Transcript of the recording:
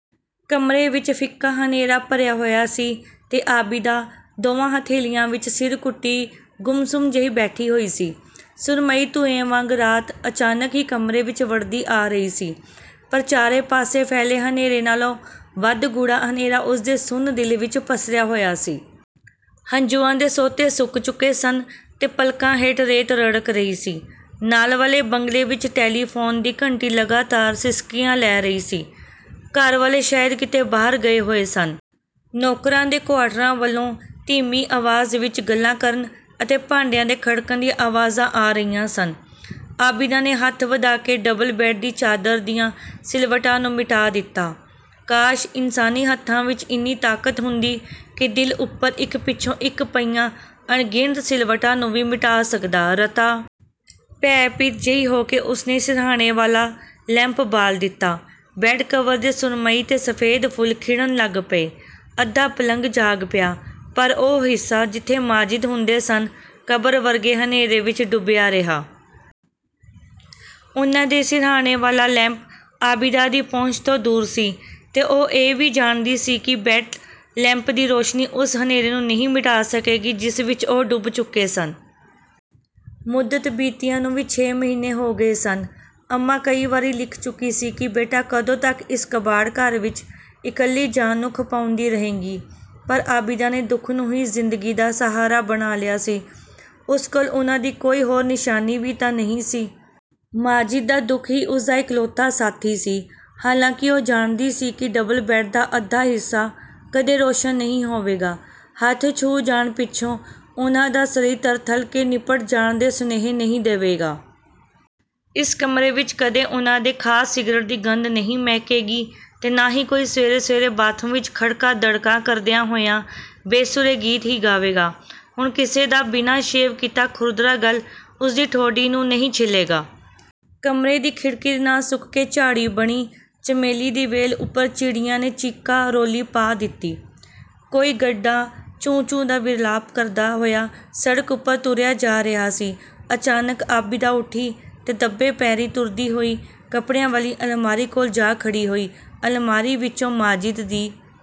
ਕਮਰੇ ਵਿੱਚ ਫਿੱਕਾ ਹਨੇਰਾ ਭਰਿਆ ਹੋਇਆ ਸੀ ਤੇ ਆਬਿਦਾ ਦੋਵਾਂ ਹਥੇਲੀਆਂ ਵਿੱਚ ਸਿਰ ਘੁੱਟੀ, ਗੁੰਮ-ਸੁੰਮ ਜਿਹੀ ਬੈਠੀ ਹੋਈ ਸੀ। ਸੁਰਮਈ ਧੁੰਏਂ ਵਾਂਗ ਰਾਤ, ਅਚਾਨਕ ਹੀ, ਕਮਰੇ ਵਿੱਚ ਵੜਦੀ ਆ ਰਹੀ ਸੀ। ਪਰ ਚਾਰੇ ਪਾਸੇ ਫੈਲੇ ਹਨੇਰੇ ਨਾਲੋਂ ਵੱਧ ਗੂੜ੍ਹਾ ਹਨੇਰਾ ਉਸਦੇ ਸੁੰਨ ਦਿਲ ਵਿੱਚ ਪਸਰਿਆ ਹੋਇਆ ਸੀ। ਹੰਝੂਆਂ ਦੇ ਸੋਤੇ ਸੁੱਕ ਚੁੱਕੇ ਸਨ ਤੇ ਪਲਕਾਂ ਹੇਠ ਰੇਤ ਰੜਕ ਰਹੀ ਸੀ। ਨਾਲ ਵਾਲੇ ਬੰਗਲੇ ਵਿੱਚ ਟੈਲੀਫੋਨ ਦੀ ਘੰਟੀ ਲਗਾਤਾਰ ਸਿਸਕੀਆਂ ਲੈ ਰਹੀ ਸੀ। ਘਰ ਵਾਲੇ ਸ਼ਾਇਦ ਕਿਤੇ ਬਾਹਰ ਗਏ ਹੋਏ ਸਨ। ਨੌਕਰਾਂ ਦੇ ਕੁਆਰਟਰਾਂ ਵੱਲੋਂ ਧੀਮੀ ਆਵਾਜ਼ ਵਿੱਚ ਗੱਲਾਂ ਕਰਨ ਅਤੇ ਭਾਂਡਿਆਂ ਦੇ ਖੜਕਣ ਦੀਆਂ ਆਵਾਜ਼ਾਂ ਆ ਰਹੀਆਂ ਸਨ। ਆਬਿਦਾ ਨੇ ਹੱਥ ਵਧਾ ਕੇ ਡਬਲ-ਬੈੱਡ ਦੀ ਚਾਦਰ ਦੀਆਂ ਸਿਲਵਟਾਂ ਨੂੰ ਮਿਟਾ ਦਿੱਤਾ। ਕਾਸ਼, ਇਨਸਾਨੀ ਹੱਥਾਂ ਵਿੱਚ ਇੰਨੀ ਤਾਕਤ ਹੁੰਦੀ ਕਿ ਦਿਲ ਉੱਪਰ ਇੱਕ ਪਿੱਛੋਂ ਇੱਕ ਪਈਆਂ ਅਣਗਿਣਤ ਸਿਲਵਟਾਂ ਨੂੰ ਵੀ ਮਿਟਾ ਸਕਦਾ। ਰਤਾ ਭੈਭੀਤ ਜਿਹੀ ਹੋ ਕੇ ਉਸਨੇ ਸਿਰਹਾਣੇ ਵਾਲਾ ਲੈਂਪ ਬਾਲ ਦਿੱਤਾ। ਬੈੱਡ-ਕਵਰ ਦੇ ਸੁਰਮਈ ਤੇ ਸਫ਼ੇਦ ਫੁੱਲ ਖਿੜਣ ਲੱਗ ਪਏ। ਅੱਧਾ ਪਲੰਘ ਜਾਗ ਪਿਆ। ਪਰ ਉਹ ਹਿੱਸਾ ਜਿੱਥੇ ਮਾਜਿਦ ਹੁੰਦੇ ਸਨ, ਕਬਰ ਵਰਗੇ ਹਨੇਰੇ ਵਿੱਚ ਡੁੱਬਿਆ ਰਿਹਾ। ਉਨ੍ਹਾਂ ਦੇ ਸਿਰਹਾਣੇ ਵਾਲਾ ਲੈਂਪ ਆਬਿਦਾ ਦੀ ਪਹੁੰਚ ਤੋਂ ਦੂਰ ਸੀ ਤੇ ਉਹ ਇਹ ਵੀ ਜਾਣਦੀ ਸੀ ਕਿ ਬੈੱਡ-ਲੈਂਪ ਦੀ ਰੌਸ਼ਨੀ ਉਸ ਹਨੇਰੇ ਨੂੰ ਨਹੀਂ ਮਿਟਾ ਸਕੇਗੀ, ਜਿਸ ਵਿੱਚ ਉਹ ਡੁੱਬ ਚੁੱਕੇ ਸਨ। ਮੁੱਦਤ ਬੀਤੀਆਂ ਨੂੰ ਵੀ ਛੇ ਮਹੀਨੇ ਹੋ ਗਏ ਸਨ। ਅੰਮਾਂ ਕਈ ਵਾਰੀ ਲਿਖ ਚੁੱਕੀ ਸੀ ਕਿ ਬੇਟਾ ਕਦੋਂ ਤੱਕ ਇਸ ਕਬਾੜ-ਘਰ ਵਿੱਚ ਇਕੱਲੀ ਜਾਨ ਨੂੰ ਖਪਾਉਂਦੀ ਰਹੇਂਗੀ? ਪਰ ਆਬਿਦਾ ਨੇ ਦੁੱਖ ਨੂੰ ਹੀ ਜ਼ਿੰਦਗੀ ਦਾ ਸਹਾਰਾ ਬਣਾ ਲਿਆ ਸੀ, ਉਸ ਕੋਲ ਉਨ੍ਹਾਂ ਦੀ ਕੋਈ ਹੋਰ ਨਿਸ਼ਾਨੀ ਵੀ ਤਾਂ ਨਹੀਂ ਸੀ। ਮਾਜਿਦ ਦਾ ਦੁੱਖ ਹੀ ਉਸਦਾ ਇਕਲੌਤਾ ਸਾਥੀ ਸੀ। ਹਾਲਾਂਕਿ ਉਹ ਜਾਣਦੀ ਸੀ ਕਿ, ਡਬਲ-ਬੈੱਡ ਦਾ ਅੱਧਾ ਹਿੱਸਾ ਕਦੇ ਰੌਸ਼ਨ ਨਹੀਂ ਹੋਵੇਗਾ, ਹੱਥ ਛੂਹ ਜਾਣ ਪਿੱਛੋਂ ਉਨ੍ਹਾਂ ਦਾ ਸਰੀਰ ਤਰਥੱਲ ਕੇ ਲਿਪਟ ਜਾਣ ਦੇ ਸੁਨੇਹੇ ਨਹੀਂ ਦੇਵੇਗਾ। ਇਸ ਕਮਰੇ ਵਿੱਚ ਕਦੇ ਉਨ੍ਹਾਂ ਦੇ ਖਾਸ ਸਿਗਰਟ ਦੀ ਗੰਧ ਨਹੀਂ ਮਹਿਕੇਗੀ ਤੇ ਨਾ ਹੀ ਕੋਈ ਸਵੇਰੇ-ਸਵੇਰੇ ਬਾਥਰੂਮ ਵਿੱਚ ਖੜਕਾ-ਦੜਕਾ ਕਰਦਿਆਂ ਹੋਇਆਂ, ਬੇਸੁਰੇ ਗੀਤ ਹੀ ਗਾਵੇਗਾ। ਹੁਣ ਕਿਸੇ ਦਾ ਬਿਨਾਂ ਸ਼ੇਵ ਕੀਤਾ ਖੁਰਦਰਾ ਗੱਲ ਉਸਦੀ ਠੋਡੀ ਨੂੰ ਨਹੀਂ ਛਿੱਲੇਗਾ। ਕਮਰੇ ਦੀ ਖਿੜਕੀ ਦੇ ਨਾਲ ਸੁੱਕ ਕੇ ਝਾੜੀ ਬਣੀ ਚਮੇਲੀ ਦੀ ਵੇਲ ਉੱਪਰ ਚਿੜੀਆਂ ਨੇ ਚੀਕਾ-ਰੌਲੀ ਪਾ ਦਿੱਤੀ। ਕੋਈ ਗੱਡਾ 'ਚੂੰ-ਚੂੰ' ਦਾ ਵਿਰਲਾਪ ਕਰਦਾ ਹੋਇਆ ਸੜਕ ਉੱਪਰ ਤੁਰਿਆ ਜਾ ਰਿਹਾ ਸੀ। ਅਚਾਨਕ ਆਬਿਦਾ ਉੱਠੀ ਤੇ ਦੱਬੇ ਪੈਰੀਂ ਤੁਰਦੀ ਹੋਈ ਕੱਪੜਿਆਂ ਵਾਲੀ ਅਲਮਾਰੀ ਕੋਲ ਜਾ ਖੜ੍ਹੀ ਹੋਈ। ਅਲਮਾਰੀ ਵਿੱਚੋਂ ਮਾਜਿਦ ਦੀ